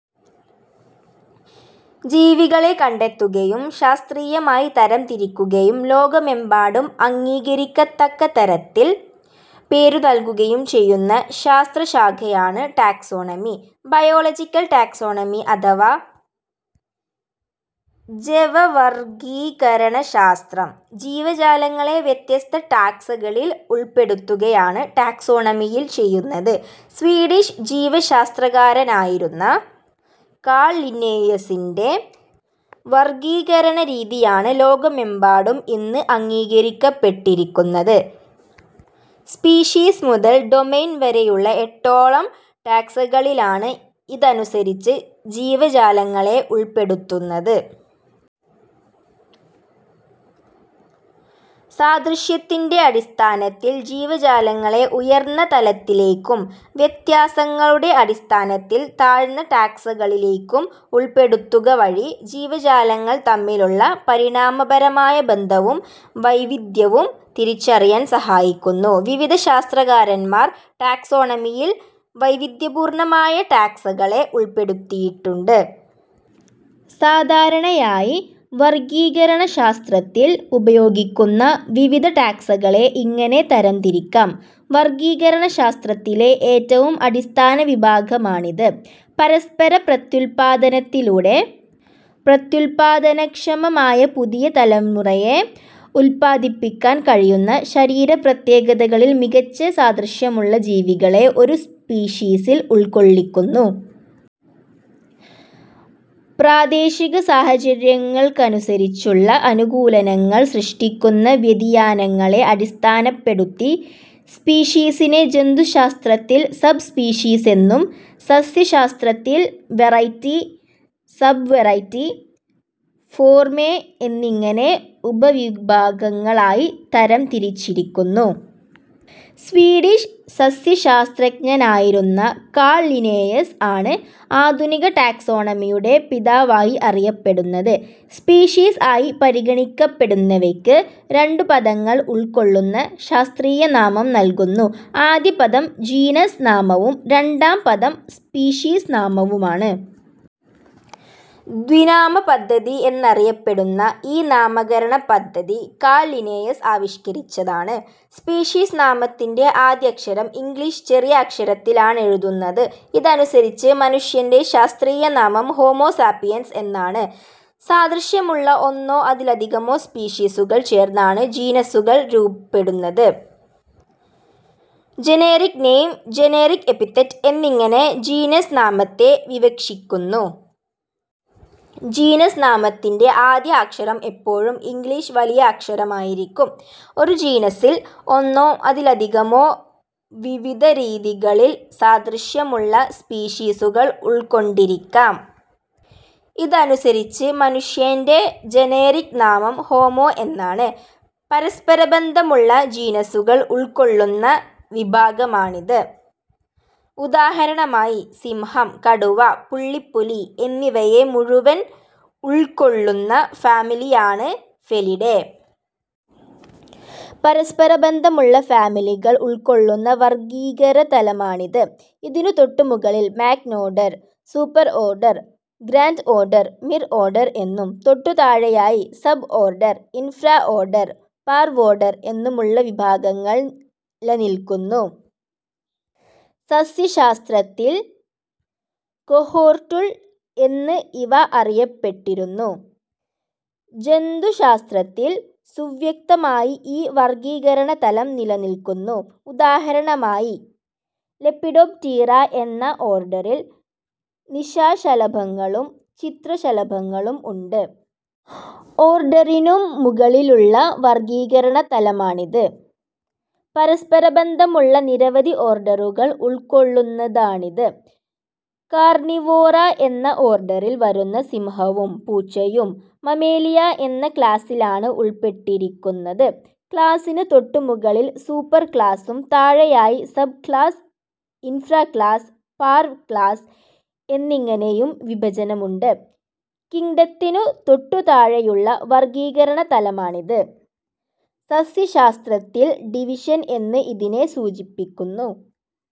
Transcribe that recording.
ജീവികളെ കണ്ടെത്തുകയും ശാസ്ത്രീയമായി തരംതിരിക്കുകയും ലോകമെമ്പാടും അംഗീകരിക്കത്തക്ക തരത്തിൽ പേരുനൽകുകയും ചെയ്യുന്ന ശാസ്ത്രശാഖയാണ് ടാക്സോണമി, ബയോളജിക്കൽ ടാക്സോണമി അഥവാ ജെവവർഗ്ഗീകരണശാസ്ത്രം. ജീവാലങ്ങളെ വ്യത്യസ്ത 'ടാക്സ' കളിൽ ഉൾപ്പെടുത്തുകയാണ് ടാക്സോണമിയിൽ ചെയ്യുന്നത്. സ്വീഡിഷ് ജീവശാസ്ത്രകാരനായിരുന്ന കാൾ ലിന്നേയസിന്റെ വർഗ്ഗീകരണരീതിയാണ് ലോകമെമ്പാടും ഇന്ന് അംഗീകരിക്കപ്പെട്ടിരിക്കുന്നത്. സ്പീഷീസ് മുതൽ ഡൊമെയ്ൻ വരെയുള്ള എട്ടോളം ടാക്സകളിലാണ് ഇതനുസരിച്ച് ജീവജാലങ്ങളെ ഉൾപെടുത്തുന്നത്. സാദൃശ്യത്തിന്റെ അടിസഥാനത്തിൽ ജീവജാലങ്ങളെ ഉയർന്ന തലത്തിലേയ്ക്കും വ്യത്യാസങ്ങളുടെ അടിസ്ഥാനത്തിൽ താഴ്ന്ന ടാക്സകളിലേയ്ക്കും ഉൾപ്പെടുത്തുകവഴി ജീവജാലങ്ങൾ തമ്മിലുള്ള പരിണാമപരമായ ബന്ധവും വൈവിധ്യവും തിരിച്ചറിയാൽ സഹായിക്കുന്നു. വിവിധ ശാസ്ത്രകാരൻമാർ ടാക്സോണമിയിൽ വൈവിധ്യപൂർണ്ണമായ ടാക്സകളെ ഉൾപ്പെടുത്തിയിട്ടുണ്ട്. സാധാരണയായി വർഗ്ഗീകരണശാസ്ത്രത്തിൽ ഉപയോഗിക്കുന്ന വിവിധടാക്സകളെ ഇങ്ങനെ തരംതിരിക്കാം. വർഗ്ഗീകരണശാസ്ത്രത്തിലെ ഏറ്റവും അടിസ്ഥാനവിഭാഗമാണിത്. പരസ്പര പ്രത്യുൽപ്പാദനത്തിലൂടെ പ്രത്യുൽപ്പാദനക്ഷമമായ പുതിയ തലമുറയെ ഉത്പാദിപ്പിക്കാൻ കഴിയുന്ന, ശരീരപ്രത്യേകതകളിൽ മികച്ച സാദൃശ്യമുള്ള ജീവികളെ ഒരു സ്പീഷീസിൽ ഉൾക്കൊള്ളിക്കുന്നു. പ്രാദേശികസാഹചര്യങ്ങൾക്കനുസരിച്ചുള്ള അനുകൂലനങ്ങൾ സൃഷ്ടിക്കുന്ന വ്യതിയാനങ്ങളെ അടിസ്ഥാനപ്പെടുത്തി സ്പീഷീസിനെ ജന്തുശാസ്ത്രത്തിൽ സബ് സ്പീഷീസെന്നും സസ്യശാസ്ത്രത്തിൽ വെറൈറ്റി, സബ്വെറൈറ്റി, ഫോർമേ എന്നിങ്ങനെ ഉപവിഭാഗങ്ങളായി തരംതിരിച്ചിരിക്കുന്നു. സ്വീഡിഷ് സസ്യശാസ്ത്രജ്ഞനായിരുന്ന കാൾ ലിനേയസ് ആണ് ആധുനിക ടാക്സോണമിയുടെ പിതാവായി അറിയപ്പെടുന്നത്. സ്പീഷീസ് ആയി പരിഗണിക്കപ്പെടുന്നവയ്ക്ക് രണ്ടുപദങ്ങൾ ഉൾക്കൊള്ളുന്ന ശാസ്ത്രീയനാമം നൽകുന്നു. ആദ്യപദം ജീനസ് നാമവും രണ്ടാം പദം സ്പീഷീഷ് നാമവുമാണ്. ദ്വിനാമപദ്ധതി എന്നറിയപ്പടുന്ന ഈ നാമകരണപദ്ധതി കാൾ ലിനേയസ് ആവിഷ്കരിച്ചതാണ്. സ്പീഷീസ് നാമത്തിന്റെ ആദ്യക്ഷരം ഇംഗ്ലീഷ് ചെറിയ അക്ഷരത്തിലാണെഴുതുന്നത്. ഇതനുസരിച്ച് മനുഷ്യന്റെ ശാസ്ത്രീയനാമം ഹോമോ സാപിയൻസ് എന്നാണ്. സാദൃശ്യമുള്ള ഒന്നോ അതിലധികമോ സ്പീഷീസുകൾ ചേർന്നാണ് ജീനസ്സുകൾ രൂപ്പെടുന്നത്. ജനേറിക് നെയിം, ജനേറിക് എപ്പിതെറ്റ് എന്നിങ്ങനെ ജീനസ് നാമത്തെ വിവക്ഷിക്കുന്നു. ജീനസ് നാമത്തിന്റെ ആദ്യ അക്ഷരം എപ്പോഴും ഇംഗ്ളീഷ് വലിയ അക്ഷരമായിരിക്കും. ഒരു ജീനസ്സിൽ ഒന്നോ അതിലധികമോ വിവിധരീതികളിൽ സാദൃശ്യമുള്ള സ്പീഷീസുകൾ ഉൾക്കൊണ്ടിരിക്കാം. ഇതനുസരിച്ച് മനുഷ്യന്റെ ജനേറിക് നാമം ഹോമോ എന്നാണ്. പരസ്പരബന്ധമുള്ള ജീനസ്സുകൾ ഉൾക്കൊള്ളുന്ന വിഭാഗമാണിത്. ഉദാഹരണമായി സിംഹം, കടുവ, പുള്ളിപ്പുലി എന്നിവയെ മുഴുവൻ ഉൾക്കൊള്ളുന്ന ഫാമിലിയാണ് ഫെലിഡേ. പരസ്പരബന്ധമുള്ള ഫാമിലികൾ ഉൾക്കൊള്ളുന്ന വർഗ്ഗീകരണതലമാണിത്. ഇതിനുതൊട്ടുമുകളിൽ magnorder, superorder, grandorder, mirorder എന്നും തൊട്ടുതാഴെയായി സബ്ഓർഡർ, ഇൻഫ്രാഓർഡർ, പാർവോർഡർ എന്നുമുള്ള വിഭാഗങ്ങൾ ലനിൽക്കുന്നുണ്ട്. സസ്യശാസ്ത്രത്തിൽ കൊഹോർട്ടുൾ എന്ന് ഇവ അറിയപ്പെട്ടിരുന്നു. ജന്തുശാസ്ത്രത്തിൽ സുവ്യക്തമായി ഈ വർഗ്ഗീകരണതലം നിലനിൽക്കുന്നു. ഉദാഹരണമായി ലെപ്പിഡോപ്റ്റീറ എന്ന ഓർഡറിൽ നിശാശലഭങ്ങളും ചിത്രശലഭങ്ങളും ഉണ്ട്. ഓർഡറിനും മുകളിലുള്ള വർഗ്ഗീകരണതലമാണിത്. പരസ്പരബന്ധമുള്ള നിരവധി ഓർഡറുകൾ ഉൾക്കൊള്ളുന്നതാണിത്. കാർണിവോറ എന്ന ഓർഡറിൽ വരുന്ന സിംഹവും പൂച്ചയും മമേലിയ എന്ന ക്ലാസ്സിലാണ് ഉൾപ്പെട്ടിരിക്കുന്നത്. ക്ലാസ്സിന് തൊട്ടുമുകളിൽ സൂപ്പർക്ലാസ്സും താഴെയായി സബ്ക്ലാസ്സ്, ഇൻഫ്രാക്ലാസ്സ്, പാർവ് ക്ലാസ്സ് എന്നിങ്ങനെയും വിഭജനമുണ്ട്. കിംങ്ഡത്തിനു തൊട്ടുതാഴെയുള്ള വർഗ്ഗീകരണതലമാണിത്. സസ്യശാസ്ത്രത്തിൽ ഡിവിഷൻ എന്ന് ഇതിനെ സൂചിപ്പിക്കുന്നു.